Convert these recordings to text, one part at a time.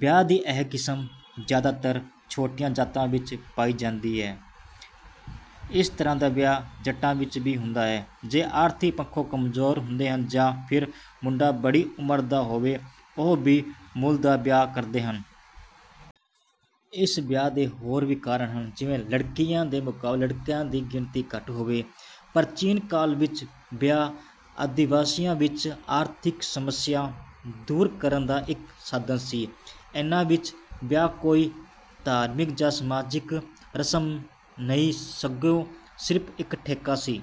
ਵਿਆਹ ਦੀ ਇਹ ਕਿਸਮ ਜ਼ਿਆਦਾਤਰ ਛੋਟੀਆਂ ਜਾਤਾਂ ਵਿੱਚ ਪਾਈ ਜਾਂਦੀ ਹੈ। ਇਸ ਤਰ੍ਹਾਂ ਦਾ ਵਿਆਹ ਜੱਟਾਂ ਵਿੱਚ ਵੀ ਹੁੰਦਾ ਹੈ। ਜੋ ਆਰਥਿਕ ਪੱਖੋਂ ਕਮਜ਼ੋਰ ਹੁੰਦੇ ਹਨ ਜਾਂ ਫਿਰ ਮੁੰਡਾ ਵੱਡੀ ਉਮਰ ਦਾ ਹੋਵੇ ਉਹ ਵੀ ਮੁੱਲ ਦਾ ਵਿਆਹ ਕਰਦੇ ਹਨ। ਇਸ ਵਿਆਹ ਦੇ ਹੋਰ ਵੀ ਕਾਰਨ ਹਨ ਜਿਵੇਂ ਲੜਕਿਆਂ ਦੇ ਮੁਕਾਬਲੇ ਲੜਕੀਆਂ ਦੀ ਗਿਣਤੀ ਘੱਟ ਹੋਵੇ। ਪ੍ਰਾਚੀਨ ਕਾਲ ਵਿੱਚ ਵਿਆਹ ਆਦਿਵਾਸੀਆਂ ਵਿੱਚ ਆਰਥਿਕ ਸਮੱਸਿਆਵਾਂ ਦੂਰ ਕਰਨ ਦਾ ਇੱਕ ਸਾਧਨ ਸੀ। ਇਹਨਾਂ ਵਿੱਚ ਵਿਆਹ ਕੋਈ ਧਾਰਮਿਕ ਜਾਂ ਸਮਾਜਿਕ ਰਸਮ ਨਹੀਂ ਸਗੋਂ ਸਿਰਫ਼ ਇੱਕ ਠੇਕਾ ਸੀ।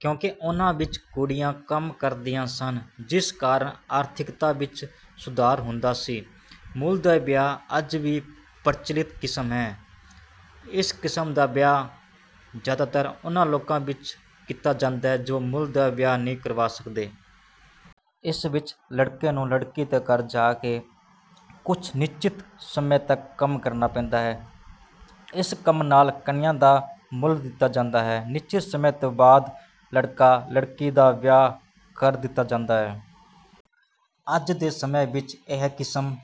ਕਿਉਂਕਿ ਉਹਨਾਂ ਵਿੱਚ ਕੁੜੀਆਂ ਕੰਮ ਕਰਦੀਆਂ ਸਨ ਜਿਸ ਕਾਰਨ ਆਰਥਿਕਤਾ ਵਿੱਚ ਸੁਧਾਰ ਹੁੰਦਾ ਸੀ। ਮੁੱਲ ਦਾ ਵਿਆਹ ਅੱਜ ਵੀ ਪ੍ਰਚਲਿਤ ਕਿਸਮ ਹੈ। ਇਸ ਕਿਸਮ ਦਾ ਵਿਆਹ ਜ਼ਿਆਦਾਤਰ ਉਹਨਾਂ ਲੋਕਾਂ ਵਿੱਚ ਕੀਤਾ ਜਾਂਦਾ ਹੈ ਜੋ ਮੁੱਲ ਦਾ ਵਿਆਹ ਨਹੀਂ ਕਰਵਾ ਸਕਦੇ। ਇਸ ਵਿੱਚ ਲੜਕੇ ਨੂੰ ਲੜਕੀ ਦੇ ਘਰ ਜਾ ਕੇ ਕੁਝ ਨਿਸ਼ਚਿਤ ਸਮੇਂ ਤੱਕ ਕੰਮ ਕਰਨਾ ਪੈਂਦਾ ਹੈ। ਇਸ ਕੰਮ ਨਾਲ ਕੰਨਿਆ ਦਾ ਮੁੱਲ ਦਿੱਤਾ ਜਾਂਦਾ ਹੈ। ਨਿਸ਼ਚਿਤ ਸਮੇਂ ਤੋਂ ਬਾਅਦ ਲੜਕਾ ਲੜਕੀ ਦਾ ਵਿਆਹ ਕਰ ਦਿੱਤਾ ਜਾਂਦਾ ਹੈ। ਅੱਜ ਦੇ ਸਮੇਂ ਵਿੱਚ ਇਹ ਕਿਸਮ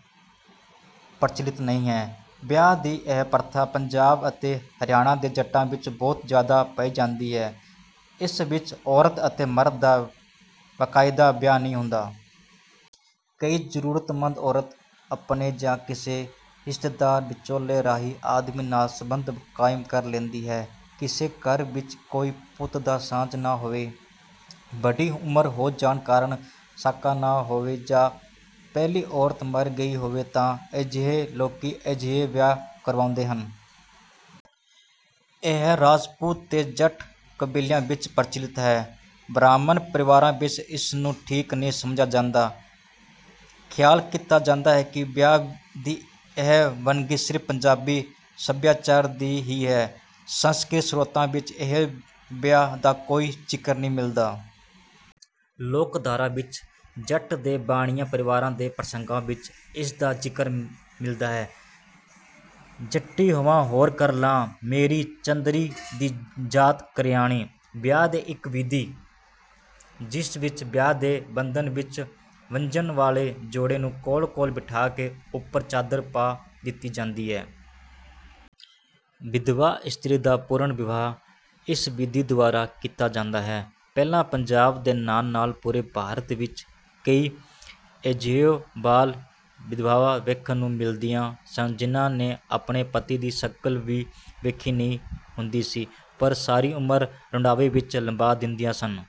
ਪ੍ਰਚਲਿਤ ਨਹੀਂ ਹੈ। ਵਿਆਹ ਦੀ ਇਹ ਪ੍ਰਥਾ ਪੰਜਾਬ ਦੇ ਅਤੇ ਹਰਿਆਣੇ ਦੇ ਜੱਟਾਂ ਵਿੱਚ ਬਹੁਤ ਜ਼ਿਆਦਾ ਪਾਈ ਜਾਂਦੀ ਹੈ। ਇਸ ਵਿੱਚ ਔਰਤ ਅਤੇ ਮਰਦ ਦਾ ਬਕਾਇਦਾ ਵਿਆਹ ਨਹੀਂ ਹੁੰਦਾ। ਕੋਈ ਜ਼ਰੂਰਤਮੰਦ ਔਰਤ ਆਪਣੇ ਜਾਂ ਕਿਸੇ ਰਿਸ਼ਤੇਦਾਰ ਵਿਚੋਲੇ ਰਾਹੀਂ ਆਦਮੀ ਨਾਲ ਸਬੰਧ ਕਾਇਮ ਕਰ ਲੈਂਦੀ ਹੈ। ਕਿਸੇ ਘਰ ਵਿੱਚ ਕੋਈ ਪੁੱਤ ਦਾ ਸਾਥ ਨਾ ਹੋਵੇ, ਵੱਡੀ ਉਮਰ ਹੋ ਜਾਣ ਕਾਰਨ ਸਾਕਾ ਨਾ ਹੋਵੇ ਜਾਂ ਪਹਿਲੀ ਔਰਤ ਮਰ ਗਈ ਹੋਵੇ ਤਾਂ ਅਜਿਹੇ ਲੋਕੀ ਅਜਿਹੇ ਵਿਆਹ ਕਰਵਾਉਂਦੇ ਹਨ। ਇਹ ਰਾਜਪੂਤ ਤੇ ਜੱਟ ਕਬੀਲਿਆਂ ਵਿੱਚ ਪ੍ਰਚਲਿਤ ਹੈ। ਬ੍ਰਾਹਮਣ ਪਰਿਵਾਰਾਂ ਵਿੱਚ ਇਸ ਨੂੰ ਠੀਕ ਨਹੀਂ ਸਮਝਿਆ ਜਾਂਦਾ। ਖਿਆਲ ਕੀਤਾ ਜਾਂਦਾ ਹੈ ਕਿ ਵਿਆਹ ਦੀ ਇਹ ਵੰਨਗੀ ਸਿਰਫ਼ ਪੰਜਾਬੀ ਸੱਭਿਆਚਾਰ ਦੀ ਹੀ ਹੈ। ਸੰਸਕ੍ਰਿਤ ਸਰੋਤਾਂ ਵਿੱਚ ਅਜਿਹੇ ਵਿਆਹ ਦਾ ਕੋਈ ਜ਼ਿਕਰ ਨਹੀਂ ਮਿਲਦਾ। ਲੋਕਧਾਰਾ ਵਿੱਚ ਜੱਟ ਤੇ ਬਾਣੀਆਂ ਪਰਿਵਾਰਾਂ ਦੇ ਪ੍ਰਸੰਗਾਂ ਵਿੱਚ ਇਸ ਦਾ ਜ਼ਿਕਰ ਮਿਲਦਾ ਹੈ: ਜੱਟੀ ਹੋਵਾਂ ਹੋਰ ਕਰ ਲਾਂ, ਮੇਰੀ ਚੰਦਰੀ ਦੀ ਜਾਤ ਕਰਿਆਣੀ। ਵਿਆਹ ਦੀ ਇੱਕ ਵਿਧੀ, ਜਿਸ ਵਿੱਚ ਵਿਆਹ ਦੇ ਬੰਧਨ ਵਿੱਚ ਬੱਝਣ ਵਾਲੇ ਜੋੜੇ ਨੂੰ ਕੋਲ-ਕੋਲ ਬਿਠਾ ਕੇ ਉੱਪਰ ਚਾਦਰ ਪਾ ਦਿੱਤੀ ਜਾਂਦੀ ਹੈ। ਵਿਧਵਾ ਇਸਤਰੀ ਦਾ ਪੁਨਰ ਵਿਆਹ ਇਸ ਵਿਧੀ ਦੁਆਰਾ ਕੀਤਾ ਜਾਂਦਾ ਹੈ। ਪਹਿਲਾਂ ਪੰਜਾਬ ਦੇ ਨਾਲ-ਨਾਲ ਪੂਰੇ ਭਾਰਤ ਵਿੱਚ ਕਈ ਅਜਿਹੀਆਂ ਬਾਲ ਵਿਧਵਾਵਾਂ ਵੇਖਣ ਨੂੰ ਮਿਲਦੀਆਂ ਸਨ ਜਿਨ੍ਹਾਂ ਨੇ ਆਪਣੇ ਪਤੀ ਦੀ ਸ਼ਕਲ ਵੀ ਵੇਖੀ ਨਹੀਂ ਹੁੰਦੀ ਸੀ ਪਰ ਸਾਰੀ ਉਮਰ ਰੰਡੇਪੇ ਵਿੱਚ ਲੰਘਾ ਦਿੰਦੀਆਂ ਸਨ।